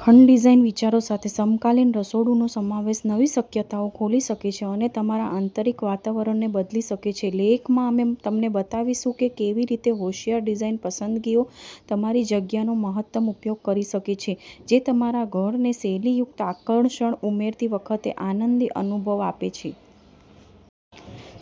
ખંડ ડિઝાઇન વિચારો સાથે સમકાલીન રસોડુંનો સમાવેશ નવી શક્યતાઓ ખોલી શકે છે અને તમારા આંતરિક વાતાવરણને બદલી શકે છે. લેખમાં અમે તમને બતાવીશું કે કેવી રીતે હોંશિયાર ડિઝાઇન પસંદગીઓ તમારી જગ્યાનો મહત્તમ ઉપયોગ કરી શકે છે જે તમારા ઘરને શૈલીયુક્ત આકર્ષણ ઉમેરતી વખતે આનંદી અનુભવ આપે છે.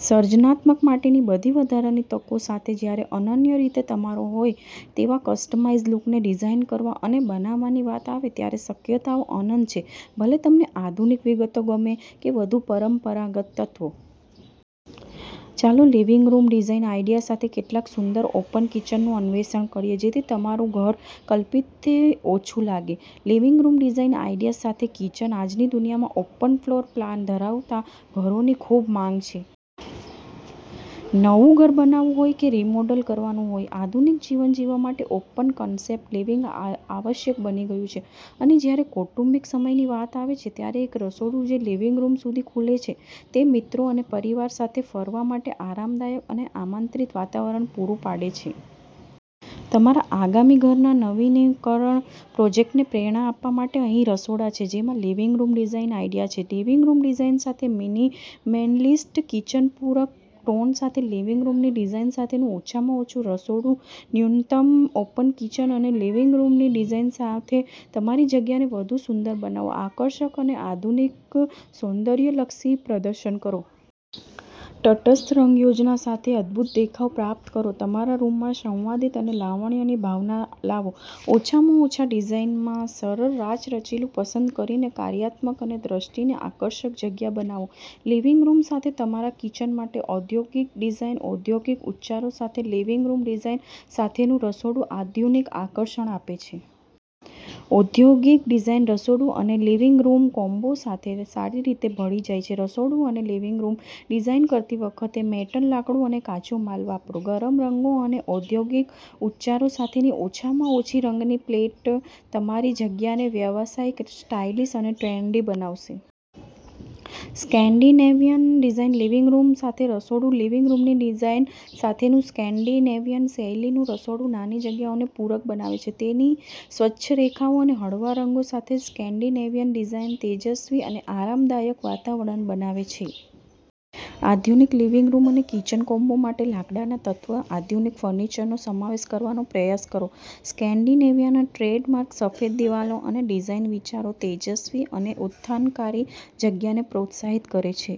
સર્જનાત્મકતા માટેની બધી વધારાની તકો સાથે જ્યારે અનન્ય રીતે તમારો હોય તેવા કસ્ટમાઇઝ લુકને ડિઝાઇન કરવા અને બનાવવાની વાત આવે ત્યારે શક્યતાઓ અનંત છે. ભલે તમને આધુનિક વિગતો ગમે કે વધુ પરંપરાગત તત્વો. ચાલો લિવિંગ રૂમ ડિઝાઇન આઇડિયા સાથે કેટલાક સુંદર ઓપન કિચનનું અન્વેષણ કરીએ જેથી તમારું ઘર કલ્પિતથી ઓછું લાગે. લિવિંગ રૂમ ડિઝાઇન આઇડિયાઝ સાથે કિચન આજની દુનિયામાં ઓપન ફ્લોર પ્લાન ધરાવતા ઘરોની ખૂબ માંગ છે. નવું ઘર બનાવવું હોય કે રિમોડલ કરવાનું હોય, આધુનિક જીવન જીવવા માટે ઓપન-કન્સેપ્ટ લિવિંગ આવશ્યક બની ગયું છે. અને જ્યારે કૌટુંબિક સમયની વાત આવે છે, ત્યારે એક રસોડું જે લિવિંગ રૂમ સુધી ખુલે છે તે મિત્રો અને પરિવાર સાથે ફરવા માટે આરામદાયક અને આમંત્રિત વાતાવરણ પૂરું પાડે છે. તમારા આગામી ઘરના નવીનીકરણ પ્રોજેક્ટને પ્રેરણા આપવા માટે અહીં રસોડા છે જેમાં લિવિંગ રૂમ ડિઝાઇન આઇડિયા છે. લિવિંગ રૂમ ડિઝાઇન સાથે મિનિમેલિસ્ટ કિચનપૂરક ટોન સાથે લિવિંગ રૂમની ડિઝાઇન સાથેનું ઓછામાં ઓછું રસોડું ન્યૂનતમ ઓપન કિચન અને લિવિંગ રૂમની ડિઝાઇન સાથે તમારી જગ્યાને વધુ સુંદર બનાવો, આકર્ષક અને આધુનિક સૌંદર્યલક્ષી પ્રદર્શન કરો. તટસ્થ રંગ યોજના સાથે અદભૂત દેખાવ પ્રાપ્ત કરો. તમારા રૂમમાં સંવાદિતા અને લાવણ્યની ભાવના લાવો. ઓછામાં ઓછા ડિઝાઇનમાં સરળ રાચરચીલું પસંદ કરીને કાર્યાત્મક અને દૃષ્ટિની આકર્ષક જગ્યા બનાવો. લિવિંગ રૂમ સાથે તમારા કિચન માટે ઔદ્યોગિક ડિઝાઇન ઔદ્યોગિક ઉચ્ચારો સાથે લિવિંગ રૂમ ડિઝાઇન સાથેનું રસોડું આધુનિક આકર્ષણ આપે છે. ઔદ્યોગિક ડિઝાઇન રસોડું અને લિવિંગ રૂમ કોમ્બો સાથે સારી રીતે ભળી જાય છે. રસોડું અને લિવિંગ રૂમ ડિઝાઇન કરતી વખતે મેટલ, લાકડું અને કાચો માલ વાપરો. ગરમ રંગો અને ઔદ્યોગિક ઉચ્ચારો સાથેની ઓછામાં ઓછી રંગની પેલેટ તમારી જગ્યાને વ્યાવસાયિક, સ્ટાઇલિશ અને ટ્રેન્ડી બનાવશે. સ્કેન્ડિનેવિયન ડિઝાઇન લિવિંગ રૂમ સાથે રસોડું લિવિંગ રૂમની ડિઝાઈન સાથેનું સ્કેન્ડિનેવિયન શૈલીનું રસોડું નાની જગ્યાઓને પૂરક બનાવે છે. તેની સ્વચ્છ રેખાઓ અને હળવા રંગો સાથે સ્કેન્ડિનેવિયન ડિઝાઇન તેજસ્વી અને આરામદાયક વાતાવરણ બનાવે છે. આધુનિક લિવિંગ રૂમ અને કિચન કોમ્બો માટે લાકડાના તત્વો અને આધુનિક ફર્નિચરનો સમાવેશ કરવાનો પ્રયાસ કરો. સ્કેન્ડિનેવિયાના ટ્રેડમાર્ક સફેદ દિવાલો અને ડિઝાઇન વિચારો તેજસ્વી અને ઉત્થાનકારી જગ્યાને પ્રોત્સાહિત કરે છે.